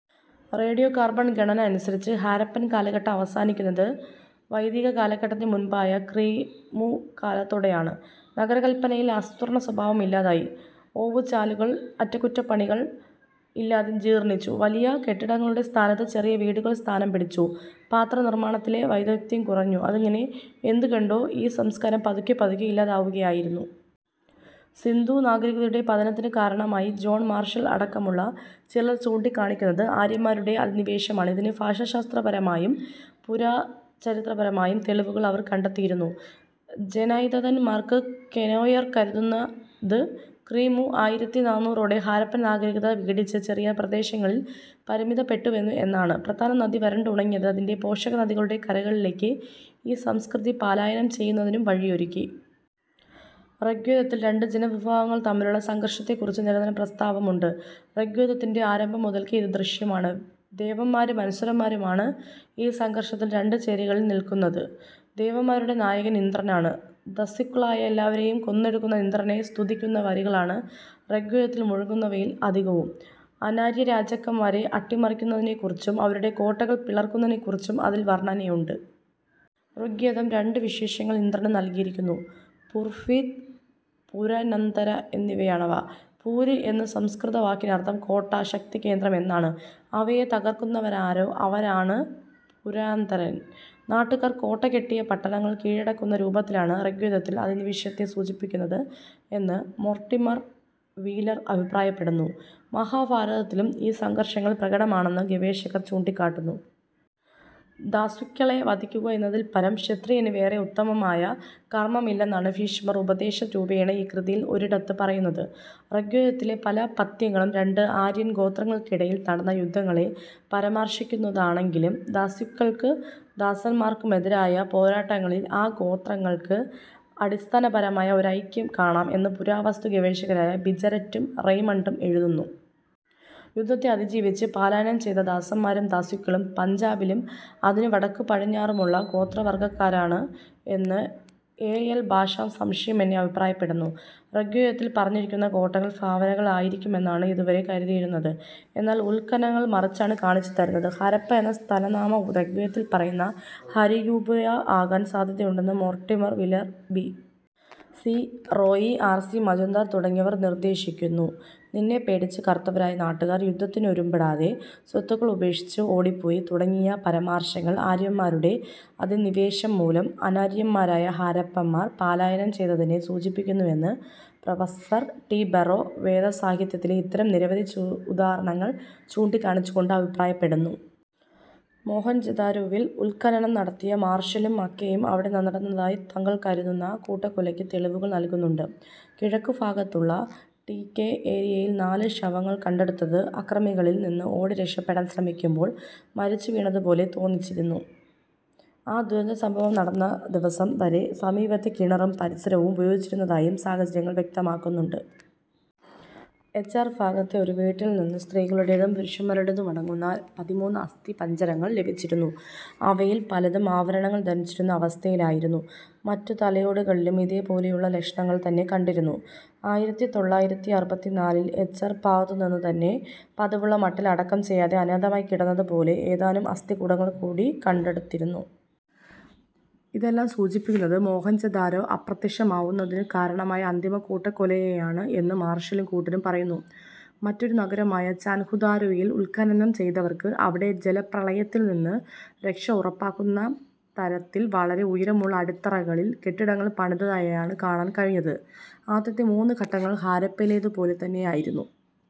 Radio carbon ഗണന അനുസരിച്ച് ഹാരപ്പൻ കാലഘട്ടം അവസാനിക്കുന്നത് വൈദിക കാലഘട്ടത്തിനു മുൻപായ ക്രി. മു. കാലത്തോടെയാണ്. നഗരകല്പനയിൽ ആസൂത്രണസ്വഭാവം ഇല്ലാതായി. ഓവുചാലുകൾ അറ്റകുറ്റപ്പണികൾ ഇല്ലാതെ ജീർണ്ണിച്ചു. വലിയ കെട്ടിടങ്ങളുടെ സ്ഥാനത്ത് ചെറിയ വീടുകൾ സ്ഥാനം പിടിച്ചു. പാത്രനിർമ്മാണത്തിലെ വൈദഗ്ദ്ധ്യം കുറഞ്ഞു. അങ്ങനെ എന്തുകെണ്ടോ ഈ സംസ്കാരം പതുക്കെപ്പതുക്കെ ഇല്ലാതാവുകയായിരുന്നു. സിന്ധു നാഗരികതയുടെ പതനത്തിന് കാരണമായി ജോൺ മാർഷൽ അടക്കമുള്ള ചിലർ ചൂണ്ടിക്കാണിക്കുന്നത് ആര്യന്മാരുടെ അധിനിവേശമാണ്. ഇതിന് ഫാഷാശാസ്ത്രപരമായും പുരാചരിത്രപരമായും തെളിവുകൾ അവർ കണ്ടെത്തിയിരുന്നു. ജനൈതകൻ മാർക്ക് കെനോയർ കരുതുന്നത് ക്രി. മു. ആയിരത്തി നാനൂറോടെ ഹാരപ്പൻ നാഗരികത വിഘടിച്ച് ചെറിയ പ്രദേശങ്ങളിൽ പരിമിതപ്പെട്ടുവന്നു എന്നാണ്. പ്രധാന നദി വരണ്ടുണങ്ങിയത് അതിൻ്റെ പോഷകനദികളുടെ കരകളിലേക്ക് ഈ സംസ്കൃതി പലായനം ചെയ്യുന്നതിനും വഴിയൊരുക്കി. ഋഗ്വേദത്തിൽ രണ്ട് ജനവിഭാഗങ്ങൾ തമ്മിലുള്ള സംഘർഷത്തെക്കുറിച്ച് നിരന്തരം പ്രസ്താവമുണ്ട്. ഋഗ്വേദത്തിൻ്റെ ആരംഭം മുതൽക്കേ ഇത് ദൃശ്യമാണ്. ദേവന്മാരും അസുരന്മാരുമാണ് ഈ സംഘർഷത്തിൽ രണ്ട് ചേരികളിൽ നിൽക്കുന്നത്. ദേവന്മാരുടെ നായകൻ ഇന്ദ്രനാണ്. ദസ്യുക്കളായ എല്ലാവരേയും കൊന്നൊടുക്കുന്ന ഇന്ദ്രനെ സ്തുതിക്കുന്ന വരികളാണ് ഋഗ്വേദത്തിൽ മുഴങ്ങുന്നവയിൽ അധികവും. അനാര്യരാജാക്കന്മാരെ അട്ടിമറിക്കുന്നതിനെക്കുറിച്ചും അവരുടെ കോട്ടകൾ പിളർക്കുന്നതിനെക്കുറിച്ചും അതിൽ വർണ്ണനയുണ്ട്. ഋഗ്വേദം രണ്ട് വിശേഷണങ്ങൾ ഇന്ദ്രന് നൽകിയിരിക്കുന്നു, പുർഫിദ്, പുരനന്ദര എന്നിവയാണവ. പൂര് എന്ന സംസ്കൃത വാക്കിനർത്ഥം കോട്ട, ശക്തികേന്ദ്രം എന്നാണ്. അവയെ തകർക്കുന്നവനാരോ അവനാണ് പുരാന്ദരൻ. നാട്ടുകാർ കോട്ട കെട്ടിയ പട്ടണങ്ങൾ കീഴടക്കുന്ന രൂപത്തിലാണ് ഋഗ്വേദത്തിൽ അധിനിവേശത്തെ സൂചിപ്പിക്കുന്നത് എന്ന് മോർട്ടിമർ വീലർ അഭിപ്രായപ്പെടുന്നു. മഹാഭാരതത്തിലും ഈ സംഘർഷങ്ങൾ പ്രകടമാണെന്ന് ഗവേഷകർ ചൂണ്ടിക്കാട്ടുന്നു. ദ്യാസ്യുക്കളെ വധിക്കുക എന്നതിൽപരം ക്ഷത്രിയന് വേറെ ഉത്തമമായ കർമ്മമില്ലെന്നാണ് ഭീഷ്മർ ഉപദേശരൂപേണ ഈ കൃതിയിൽ ഒരിടത്ത് പറയുന്നത്. ഋഗ്വേദത്തിലെ പല പദ്യങ്ങളും രണ്ട് ആര്യൻ ഗോത്രങ്ങൾക്കിടയിൽ നടന്ന യുദ്ധങ്ങളെ പരാമർശിക്കുന്നതാണെങ്കിലും ദ്യാസ്യുക്കൾക്കും ദാസന്മാർക്കുമെതിരായ പോരാട്ടങ്ങളിൽ ആ ഗോത്രങ്ങൾക്ക് അടിസ്ഥനപരമായ ഒരൈക്യം കാണാം എന്ന് പുരാവസ്തു ഗവേഷകരായ ബ്രിജററ്റും റെയ്മണ്ടും എഴുതുന്നു. യുദ്ധത്തെ അതിജീവിച്ച് പാലായനം ചെയ്ത ദാസന്മാരും ദാസ്യുക്കളും പഞ്ചാബിലും അതിനു വടക്കുപടിഞ്ഞാറുമുള്ള ഗോത്രവർഗ്ഗക്കാരാണ് എന്ന് എ. എൽ. ബഷാം സംശയമെന്യേ അഭിപ്രായപ്പെടുന്നു. ഋഗ്വേദത്തിൽ പറഞ്ഞിരിക്കുന്ന കോട്ടകൾ ഫാവനകൾ ആയിരിക്കുമെന്നാണ് ഇതുവരെ കരുതിയിരുന്നത്. എന്നാൽ ഉത്ഖനനങ്ങൾ മറിച്ചാണ് കാണിച്ചുതരുന്നത്. ഹരപ്പാ എന്ന സ്ഥലനാമം ഋഗ്വേദത്തിൽ പറയുന്ന ഹരിയൂപുയാ ആകാൻ സാധ്യതയുണ്ടെന്ന് Mortimer Wheeler, B. C. Roy, R. C. Majumdar തുടങ്ങിയവർ നിർദ്ദേശിക്കുന്നു. നിന്നെപ്പേടിച്ച് കറുത്തവരായ നാട്ടുകാർ യുദ്ധത്തിനൊരുമ്പെടാതെ സ്വത്തുക്കൾ ഉപേക്ഷിച്ച് ഓടിപ്പോയി തുടങ്ങിയ പരാമർശങ്ങൾ ആര്യന്മാരുടെ അധിനിവേശം മൂലം അനാര്യന്മാരായ ഹരപ്പന്മാർ പാലായനം ചെയ്തതിനെ സൂചിപ്പിക്കുന്നുവെന്ന് പ്രൊഫസ്സർ ടി. ബറോ വേദസാഹിത്യത്തിലെ ഇത്തരം നിരവധി ചു ഉദാഹരണങ്ങൾ ചൂണ്ടിക്കാണിച്ചുകൊണ്ട് അഭിപ്രായപ്പെടുന്നു. മൊഹൻജൊദാരോവിൽ ഉത്ഖനനം നടത്തിയ മാർഷലും മക്കേയും അവിടെ നനടന്നതായി തങ്ങൾ കരുതുന്ന കൂട്ടക്കൊലയ്ക്ക് തെളിവുകൾ നൽകുന്നുണ്ട്. കിഴക്കുഫാഗത്തുള്ള ഡി കെ ഏരിയയിൽ നാല് ശവങ്ങൾ കണ്ടെടുത്തത് അക്രമികളിൽ നിന്ന് ഓടി രക്ഷപ്പെടാൻ ശ്രമിക്കുമ്പോൾ മരിച്ചുവീണതുപോലെ തോന്നിച്ചിരുന്നു. ആ ദുരന്തസംഭവം നടന്ന ദിവസം വരെ സമീപത്തെ കിണറും പരിസരവും ഉപയോഗിച്ചിരുന്നതായും സാഹചര്യങ്ങൾ വ്യക്തമാക്കുന്നുണ്ട്. എച്ച്.ആർ ഫാഗത്തെ ഒരു വീട്ടിൽ നിന്ന് സ്ത്രീകളുടേതും പുരുഷന്മാരുടേതുമടങ്ങുന്ന പതിമൂന്ന് അസ്ഥിപഞ്ജരങ്ങൾ ലഭിച്ചിരുന്നു. അവയിൽ പലതും ആഭരണങ്ങൾ ധരിച്ചിരുന്ന അവസ്ഥയിലായിരുന്നു. മറ്റു തലയോടുകളിലും ഇതേ പോലെയുള്ള ലക്ഷണങ്ങൾ തന്നെ കണ്ടിരുന്നു. ആയിരത്തി തൊള്ളായിരത്തി അറുപത്തിനാലിൽ എച്ച് ആർ ഭാഗത്തുനിന്നുതന്നെ പതിവുള്ള മട്ടിൽ അടക്കം ചെയ്യാതെ അനാഥമായി കിടന്നതുപോലെ ഏതാനും അസ്ഥികൂടങ്ങൾ കൂടി കണ്ടെടുത്തിരുന്നു. ഇതെല്ലാം സൂചിപ്പിക്കുന്നത് മോഹെൻജൊദാരോ അപ്രത്യക്ഷമാവുന്നതിന് കാരണമായ അന്തിമ കൂട്ടക്കൊലയെയാണ് എന്ന് മാർഷലും കൂട്ടരും പറയുന്നു. മറ്റൊരു നഗരമായ ചൻഹുദാരോയിൽ ഉത്ഖനനം ചെയ്തവർക്ക് അവിടെ ജലപ്രളയത്തിൽ നിന്ന് രക്ഷ ഉറപ്പാക്കുന്ന തരത്തിൽ വളരെ ഉയരമുള്ള അടിത്തറകളിൽ കെട്ടിടങ്ങൾ പണിതതായാണ് കാണാൻ കഴിഞ്ഞത്. ആദ്യത്തെ മൂന്ന് ഘട്ടങ്ങൾ ഹാരപ്പയിലേതുപോലെത്തന്നെയായിരുന്നു.